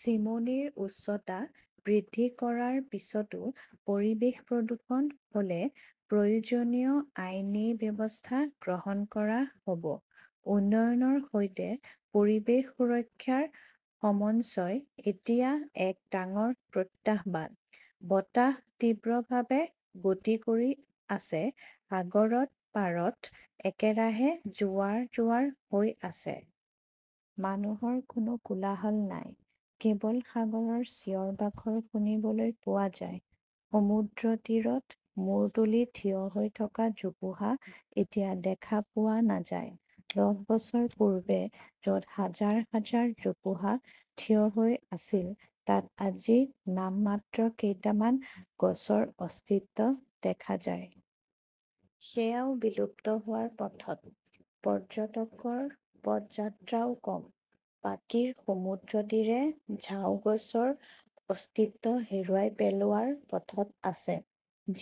চিমনীৰ উচ্চতা বৃদ্ধি কৰাৰ পিছতো পৰিৱেশ প্ৰদূষণ হ'লে, প্ৰয়োজনীয় আইনী ব্যৱস্থা গ্ৰহণ কৰা হ'ব। উন্নয়নৰ সৈতে পৰিৱেশ সুৰক্ষাৰ সমঞ্চয় এতিয়া এক ডাঙৰ প্ৰত্যাহ্বান। বতাহ তীব্ৰভাৱে গতি কৰি আছে, সাগৰত পাৰত একেৰাহে জোৱাৰ-জোৱাৰ হৈ আছে। মানুহৰ কোনো কোলাহল নাই। কেৱল সাগৰৰ চিঞৰ-বাখৰ শুনিবলৈ পোৱা যায়। সমুদ্ৰতীৰত মূৰ তুলি থিয় হৈ থকা জোপোহা এতিয়া দেখা পোৱা নাযায়। দহ বছৰ পূৰ্বে য'ত হাজাৰ হাজাৰ জোপোহা থিয় হৈ আছিল তাত আজি নামমাত্ৰ কেইটামান গছৰ অস্তিত্ব দেখা যায়। সেয়াও বিলুপ্ত হোৱাৰ পথত। পৰ্যটকৰ পদযাত্ৰাও কম। পাকিৰ সমুদ্ৰতীৰে ঝাও গছৰ অস্তিত্ব হেৰুৱাই পেলোৱাৰ পথত আছে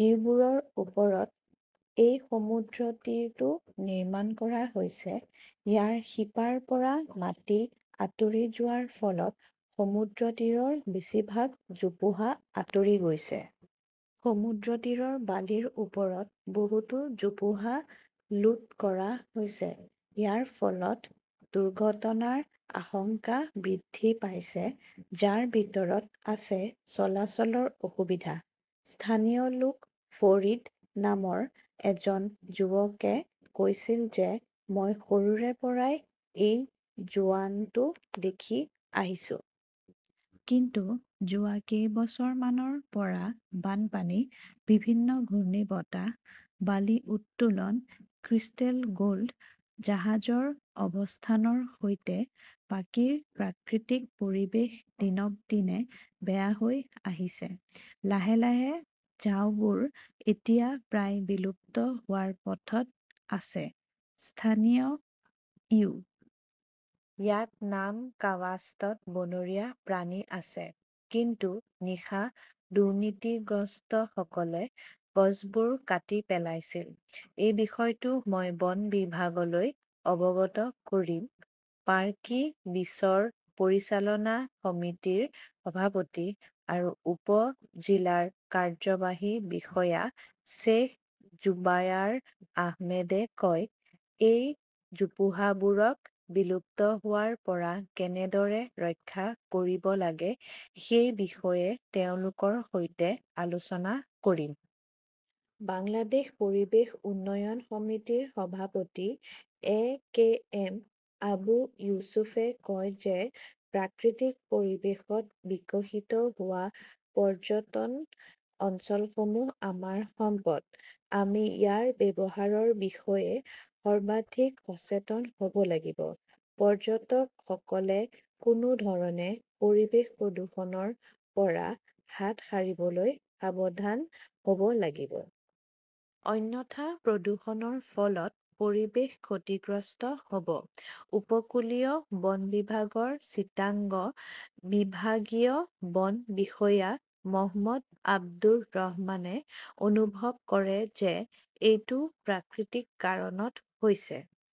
যিবোৰৰ ওপৰত এই সমুদ্ৰতীৰটো নিৰ্মাণ কৰা হৈছে। ইয়াৰ শিপাৰ পৰা মাটি আঁতৰি যোৱাৰ ফলত সমুদ্ৰতীৰৰ বেছিভাগ জোপোহা আঁতৰি গৈছে। সমুদ্ৰতীৰৰ বালিৰ ওপৰত বহুতো জোপোহা লুট কৰা হৈছে। ইয়াৰ ফলত দুৰ্ঘটনাৰ আশংকা বৃদ্ধি পাইছে, যাৰ ভিতৰত আছে চলাচলৰ অসুবিধা। স্থানীয় লোক ফৰিদ নামৰ এজন যুৱকে কৈছিল যে মই সৰুৰে পৰাই এই জোৱানটো দেখি আহিছো। কিন্তু যোৱা কেইবছৰমানৰ পৰা বানপানী, বিভিন্ন ঘূৰ্ণীবতাহ, বালি উত্তোলন, ক্ৰিষ্টেল গোল্ড জাহাজৰ অৱস্থানৰ সৈতে পাকিৰ প্ৰাকৃতিক পৰিৱেশ দিনক দিনে বেয়া হৈ আহিছে। লাহে লাহে ঝাউবোৰ এতিয়া প্ৰায় বিলুপ্ত হোৱাৰ পথত আছে। স্থানীয় ইউ ইয়াত নামকাৱাস্তত বনৰীয়া প্ৰাণী আছে। কিন্তু নিশা দুৰ্নীতিগ্ৰস্তসকলে গছবোৰ কাটি পেলাইছিল। এই বিষয়টো মই বন বিভাগলৈ অৱগত কৰিম, পাৰ্কি বিচৰ পৰিচালনা সমিতিৰ সভাপতি আৰু উপ-জিলাৰ কাৰ্যবাহী বিষয়া শ্বেইখ জোবায়াৰ আহমেদে কয়। এই জোপোহাবোৰক বিলুপ্ত হোৱাৰ পৰা কেনেদৰে ৰক্ষা কৰিব লাগে সেই বিষয়ে তেওঁলোকৰ সৈতে আলোচনা কৰিম। বাংলাদেশ পৰিৱেশ উন্নয়ন সমিতিৰ সভাপতি এ. কে. এম. আবু ইউছুফে কয় যে প্ৰাকৃতিক পৰিৱেশত বিকশিত হোৱা পৰ্যটন অঞ্চলসমূহ আমাৰ সম্পদ। আমি ইয়াৰ ব্যৱহাৰৰ বিষয়ে সৰ্বাধিক সচেতন হ'ব লাগিব। পৰ্যটকসকলে কোনো ধৰণে পৰিৱেশ প্ৰদূষণৰ পৰা হাত সাৰিবলৈ সাৱধান হ'ব লাগিব। অন্যথা প্ৰদূষণৰ ফলত পৰিৱেশ ক্ষতিগ্ৰস্ত হ'ব। উপকূলীয় বন বিভাগৰ চিটাংগ বিভাগীয় বন বিষয়া মহম্মদ আবদুৰ ৰহমানে অনুভৱ কৰে যে, এইটো প্ৰাকৃতিক কাৰণত হৈছে।